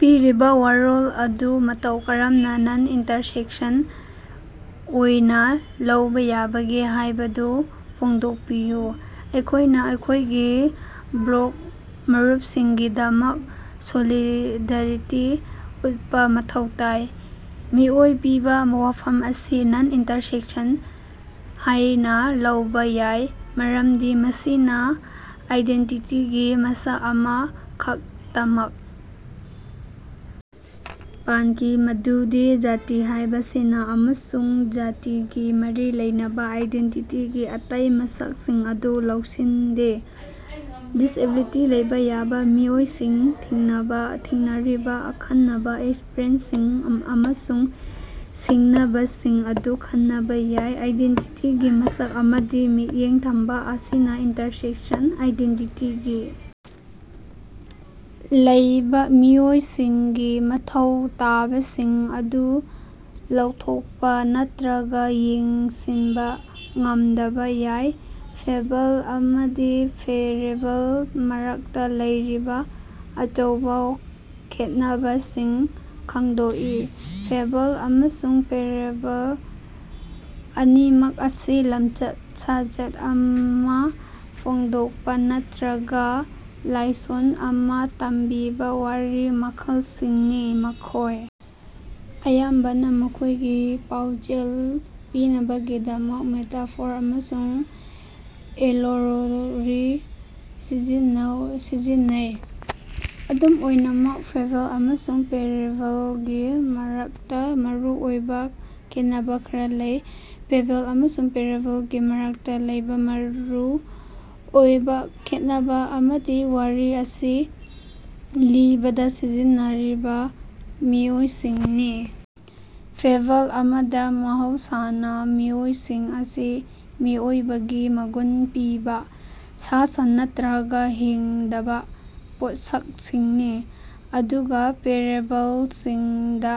ꯄꯤꯔꯤꯕꯥ ꯋꯥꯔꯣꯜ ꯑꯗꯨ ꯃꯇꯧ ꯀꯔꯝꯅꯥ ꯅꯟ-ꯏꯟꯇꯔꯁꯦꯛꯁꯟ ꯑꯣꯏꯅꯥ ꯂꯧꯕꯥ ꯌꯥꯕꯒꯦ ꯍꯥꯏꯕꯗꯨ ꯐꯣꯡꯗꯣꯛꯄꯤꯌꯨ꯫ ꯑꯩꯈꯣꯏꯅꯥ ꯑꯩꯈꯣꯏꯒꯤ ꯕ꯭ꯂꯦꯛ ꯃꯔꯨꯞꯁꯤꯡꯒꯤꯗꯃꯛ ꯁꯣꯂꯤꯗꯥꯔꯤꯇꯤ ꯎꯠꯄꯥ ꯃꯊꯧ ꯇꯥꯏ꯫ ꯃꯤꯑꯣꯏ ꯄꯤꯕꯥ ꯋꯥꯐꯝ ꯑꯁꯤ ꯅꯟ-ꯏꯟꯇꯔꯁꯦꯛꯁꯟ ꯍꯥꯏꯅꯥ ꯂꯧꯕꯥ ꯌꯥꯏ ꯃꯔꯝꯗꯤ ꯃꯁꯤꯅꯥ ꯑꯥꯏꯗꯦꯟꯇꯤꯇꯤꯒꯤ ꯃꯁꯛ ꯑꯃꯥ ꯈꯛꯇꯃꯛ ꯄꯟꯈꯤ, ꯃꯗꯨꯗꯤ ꯖꯥꯇꯤ ꯍꯥꯏꯕꯁꯤꯅꯤ ꯑꯃꯁꯨꯡ ꯖꯥꯇꯤꯒꯥ ꯃꯔꯤ ꯂꯩꯅꯕꯥ ꯑꯥꯏꯗꯦꯟꯇꯤꯇꯤꯒꯤ ꯑꯇꯩ ꯃꯁꯛꯁꯤꯡ ꯑꯗꯨ ꯂꯧꯁꯤꯟꯗꯦ꯫ ꯗꯤꯁꯑꯦꯕꯤꯂꯤꯇꯤ ꯂꯩꯕꯥ ꯌꯥꯕꯥ ꯃꯤꯑꯣꯏꯁꯤꯡꯅꯥ ꯊꯦꯡꯅꯔꯤꯕꯥ ꯑꯈꯟꯅꯕꯥ ꯑꯦꯛꯁꯄ꯭ꯔꯤꯌꯦꯟꯁꯁꯤꯡ ꯑꯃꯁꯨꯡ ꯁꯤꯡꯅꯕꯁꯤꯡ ꯑꯗꯨ ꯈꯟꯅꯗꯕꯥ ꯌꯥꯏ꯫ ꯑꯥꯏꯗꯦꯟꯇꯤꯇꯤꯒꯤ ꯃꯁꯛ ꯑꯃꯗꯥ ꯃꯤꯠꯌꯦꯡ ꯊꯝꯕꯥ ꯑꯁꯤꯅꯥ ꯏꯟꯇꯔꯁꯦꯛꯁꯟ ꯑꯥꯏꯗꯦꯟꯇꯤꯇꯤꯒꯤ ꯂꯩꯕꯥ ꯃꯤꯑꯣꯏꯁꯤꯡꯒꯤ ꯃꯊꯧ ꯇꯥꯕꯁꯤꯡ ꯑꯗꯨ ꯂꯧꯊꯣꯛꯄꯥ ꯅꯠꯇ꯭ꯔꯒꯥ ꯌꯦꯡꯁꯤꯟꯕꯥ ꯉꯝꯗꯕꯥ ꯌꯥꯏ꯫ ꯐꯦꯕꯜ ꯑꯃꯗꯤ ꯄꯦꯔꯦꯕꯜ ꯃꯔꯛꯇꯥ ꯂꯩꯔꯤꯕꯥ ꯑꯆꯧꯕꯥ ꯈꯦꯠꯅꯕꯁꯤꯡ ꯈꯪꯗꯣꯛꯎ꯫ ꯐꯦꯕꯜ ꯑꯃꯁꯨꯡ ꯄꯦꯔꯦꯕꯜ ꯑꯅꯤꯃꯛ ꯑꯁꯤ ꯂꯝꯆꯠ-ꯁꯥꯖꯠ ꯑꯃꯥ ꯐꯣꯡꯗꯣꯛꯄꯥ ꯅꯠꯇ꯭ꯔꯒꯥ ꯂꯥꯏꯁꯣꯟ ꯑꯃꯥ ꯇꯝꯕꯤꯕꯥ ꯋꯥꯔꯤ ꯃꯈꯜꯁꯤꯡꯅꯤ꯫ ꯃꯈꯣꯏ ꯑꯌꯥꯝꯕꯅꯥ ꯃꯈꯣꯏꯒꯤ ꯄꯥꯎꯖꯦꯜ ꯄꯤꯅꯕꯒꯤꯗꯃꯛ ꯃꯦꯇꯥꯐꯣꯔ ꯑꯃꯁꯨꯡ ꯑꯦꯂꯦꯒꯣꯔꯤ ꯁꯤꯖꯤꯟꯅꯩ꯫ ꯑꯗꯨꯝ ꯑꯣꯏꯅꯃꯛ, ꯐꯦꯕꯜ ꯑꯃꯁꯨꯡ ꯄꯦꯔꯦꯕꯜꯒꯤ ꯃꯔꯛꯇꯥ ꯃꯔꯨ ꯑꯣꯏꯕꯥ ꯈꯦꯟꯅꯕꯥ ꯈꯔꯥ ꯂꯩ: ꯐꯦꯕꯜ ꯑꯃꯁꯨꯡ ꯄꯦꯔꯦꯕꯜꯒꯤ ꯃꯔꯛꯇꯥ ꯂꯩꯕꯥ ꯃꯔꯨ ꯑꯣꯏꯕꯥ ꯈꯦꯠꯅꯕꯥ ꯑꯃꯗꯤ ꯋꯥꯔꯤ ꯑꯁꯤ ꯂꯤꯕꯗꯥ ꯁꯤꯖꯤꯟꯅꯔꯤꯕꯥ ꯃꯤꯑꯣꯏꯁꯤꯡꯅꯤ꯫ ꯐꯦꯕꯜ ꯑꯃꯗꯥ, ꯃꯍꯧꯁꯥꯅꯥ ꯃꯤꯑꯣꯏꯁꯤꯡ ꯑꯁꯤ ꯃꯤꯑꯣꯏꯕꯒꯤ ꯃꯒꯨꯟ ꯄꯤꯕꯥ ꯁꯥ-ꯁꯟ ꯅꯠꯇ꯭ꯔꯒꯥ ꯍꯤꯡꯗꯕꯥ ꯄꯣꯠꯁꯛꯁꯤꯡꯅꯤ, ꯑꯗꯨꯒꯥ ꯄꯦꯔꯦꯕꯜꯁꯤꯡꯗꯥ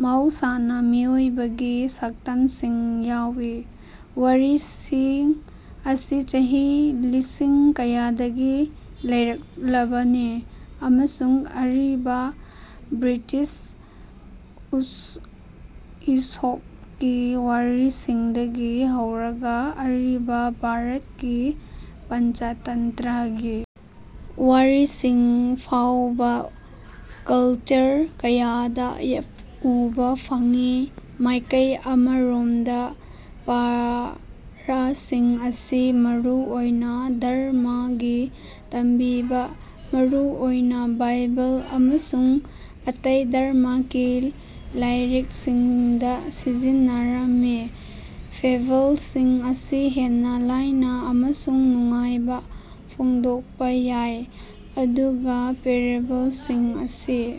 ꯃꯍꯧꯁꯥꯅꯥ ꯃꯤꯑꯣꯏꯕꯒꯤ ꯁꯛꯇꯝꯁꯤꯡ ꯌꯥꯎꯏ꯫ ꯋꯥꯔꯤꯁꯤꯡ ꯑꯁꯤ ꯆꯍꯤ ꯂꯤꯁꯤꯡ ꯀꯌꯥꯗꯒꯤ ꯂꯩꯔꯛꯂꯕꯅꯤ ꯑꯃꯁꯨꯡ ꯑꯔꯤꯕꯥ ꯒ꯭ꯔꯤꯁꯇꯥ ꯏꯁꯣꯞꯀꯤ ꯋꯥꯔꯤꯁꯤꯡꯗꯒꯤ ꯍꯧꯔꯒꯥ ꯑꯔꯤꯕꯥ ꯚꯥꯔꯠꯀꯤ ꯄꯟꯆꯇꯟꯇ꯭ꯔꯒꯤ ꯋꯥꯔꯤꯁꯤꯡ ꯐꯥꯎꯕꯥ ꯀꯜꯆꯔ ꯀꯌꯥꯗꯥ ꯎꯕꯥ ꯐꯪꯏ꯫ ꯃꯥꯏꯀꯩ ꯑꯃꯔꯣꯝꯗꯥ ꯄꯥꯔꯥꯁꯤꯡ ꯑꯁꯤ ꯃꯔꯨ ꯑꯣꯏꯅꯥ ꯙꯔꯃꯒꯤ ꯇꯝꯕꯤꯕꯥ, ꯃꯔꯨ ꯑꯣꯏꯅꯥ ꯕꯥꯏꯕꯜ ꯑꯃꯁꯨꯡ ꯑꯇꯩ ꯙꯔꯃꯒꯤ ꯂꯥꯏꯔꯤꯛꯁꯤꯡꯗꯥ ꯁꯤꯖꯤꯟꯅꯔꯝꯃꯤ꯫ ꯐꯦꯕꯜꯁꯤꯡ ꯑꯁꯤ ꯍꯦꯟꯅꯥ ꯂꯥꯏꯅꯥ ꯑꯃꯁꯨꯡ ꯅꯨꯡꯉꯥꯏꯕꯥ ꯐꯣꯡꯗꯣꯛꯄꯥ ꯌꯥꯏ, ꯑꯗꯨꯒꯥ ꯄꯦꯔꯦꯕꯜꯁꯤꯡ ꯑꯁꯤ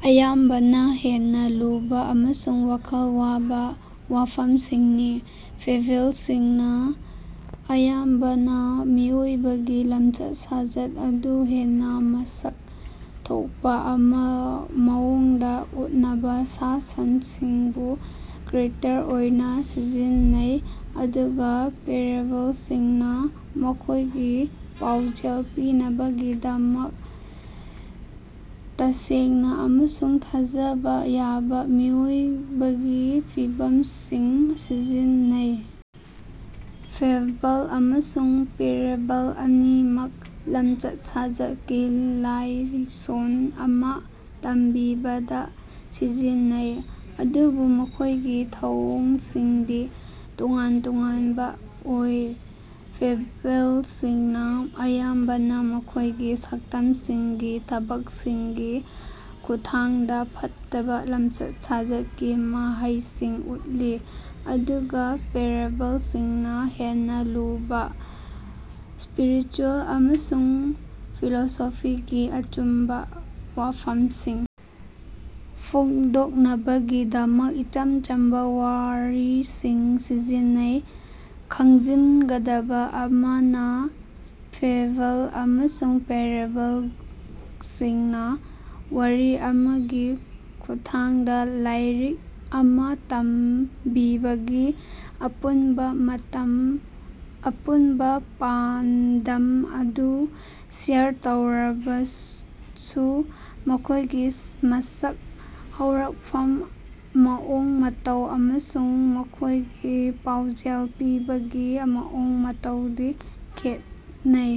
ꯑꯌꯥꯝꯕꯅꯥ ꯍꯦꯟꯅꯥ ꯂꯨꯕꯥ ꯑꯃꯁꯨꯡ ꯋꯥꯈꯜ ꯋꯥꯕꯥ ꯋꯥꯐꯝꯁꯤꯡꯅꯤ꯫ ꯐꯦꯕꯜꯁꯤꯡꯅꯥ ꯑꯌꯥꯝꯕꯅꯥ ꯃꯤꯑꯣꯏꯕꯒꯤ ꯂꯝꯆꯠ-ꯁꯥꯖꯠ ꯑꯗꯨ ꯍꯦꯟꯅꯥ ꯃꯁꯛ ꯊꯣꯛꯄꯥ ꯃꯑꯣꯡꯗꯥ ꯎꯠꯅꯕꯥ ꯁꯥ-ꯁꯟꯁꯤꯡꯕꯨ ꯆꯔꯤꯇ꯭ꯔ ꯑꯣꯏꯅꯥ ꯁꯤꯖꯤꯟꯅꯩ, ꯑꯗꯨꯒꯥ ꯄꯦꯔꯦꯕꯜꯁꯤꯡꯅꯥ ꯃꯈꯣꯏꯒꯤ ꯄꯥꯎꯖꯦꯜ ꯄꯤꯅꯕꯒꯤꯗꯃꯛ ꯇꯁꯦꯡꯅꯥ ꯑꯃꯁꯨꯡ ꯊꯥꯖꯕꯥ ꯌꯥꯕꯥ ꯃꯤꯑꯣꯏꯕꯒꯤ ꯐꯤꯚꯝꯁꯤꯡ ꯁꯤꯖꯤꯟꯅꯩ꯫ ꯐꯦꯕꯜ ꯑꯃꯁꯨꯡ ꯄꯦꯔꯦꯕꯜ ꯑꯅꯤꯃꯛ ꯂꯃꯆꯠ-ꯁꯥꯖꯠꯀꯤ ꯂꯥꯏꯁꯣꯟ ꯑꯃꯥ ꯇꯝꯕꯤꯕꯗꯥ ꯁꯤꯖꯤꯟꯅꯩ, ꯑꯗꯨꯕꯨ ꯃꯈꯣꯏꯒꯤ ꯊꯧꯑꯣꯡꯁꯤꯡꯗꯤ ꯇꯣꯉꯥꯟ-ꯇꯣꯉꯥꯟꯕꯥ ꯑꯣꯏ꯫ ꯐꯦꯕꯜꯁꯤꯡꯅꯥ ꯑꯌꯥꯝꯕꯅꯥ ꯃꯈꯣꯏꯒꯤ ꯁꯛꯇꯝꯁꯤꯡꯒꯤ ꯊꯕꯛꯁꯤꯡꯒꯤ ꯈꯨꯠꯊꯥꯡꯗꯥ ꯐꯠꯇꯕꯥ ꯂꯝꯆꯠ-ꯁꯥꯖꯠꯀꯤ ꯃꯍꯩꯁꯤꯡ ꯎꯠꯂꯤ, ꯑꯗꯨꯒꯥ ꯄꯦꯔꯦꯕꯜꯁꯤꯡꯅꯥ ꯍꯦꯟꯅꯥ ꯂꯨꯔꯕꯥ ꯁ꯭ꯄꯤꯔꯤꯆꯨꯌꯦꯜ ꯑꯃꯁꯨꯡ ꯐꯤꯂꯣꯁꯣꯐꯤꯒꯤ ꯑꯆꯨꯝꯕꯥ ꯋꯥꯐꯝꯁꯤꯡ ꯐꯣꯡꯗꯣꯛꯅꯕꯒꯤꯗꯃꯛ ꯏꯆꯝ ꯆꯝꯕꯥ ꯋꯥꯔꯤꯁꯤꯡ ꯁꯤꯖꯤꯟꯅꯩ꯫ ꯈꯪꯖꯤꯟꯒꯗꯕꯥ ꯑꯃꯅꯥ, ꯐꯦꯕꯜ ꯑꯃꯁꯨꯡ ꯄꯦꯔꯦꯕꯜꯁꯤꯡꯅꯥ ꯋꯥꯔꯤ ꯑꯃꯒꯤ ꯈꯨꯠꯊꯥꯡꯗꯥ ꯂꯥꯏꯔꯤꯛ ꯑꯃꯥ ꯇꯝꯕꯤꯕꯒꯤ ꯑꯄꯨꯟꯕꯥ ꯄꯥꯟꯗꯝ ꯑꯗꯨ ꯁꯦꯌꯔ ꯇꯧꯔꯕꯁꯨ, ꯃꯈꯣꯏꯒꯤ ꯃꯁꯛ, ꯍꯧꯔꯛꯐꯝ, ꯃꯑꯣꯡ ꯃꯇꯧ ꯑꯃꯁꯨꯡ ꯃꯈꯣꯏꯒꯤ ꯄꯥꯎꯖꯦꯜ ꯄꯤꯕꯒꯤ ꯃꯑꯣꯡ ꯃꯇꯧꯗꯤ ꯈꯦꯠꯅꯩ꯫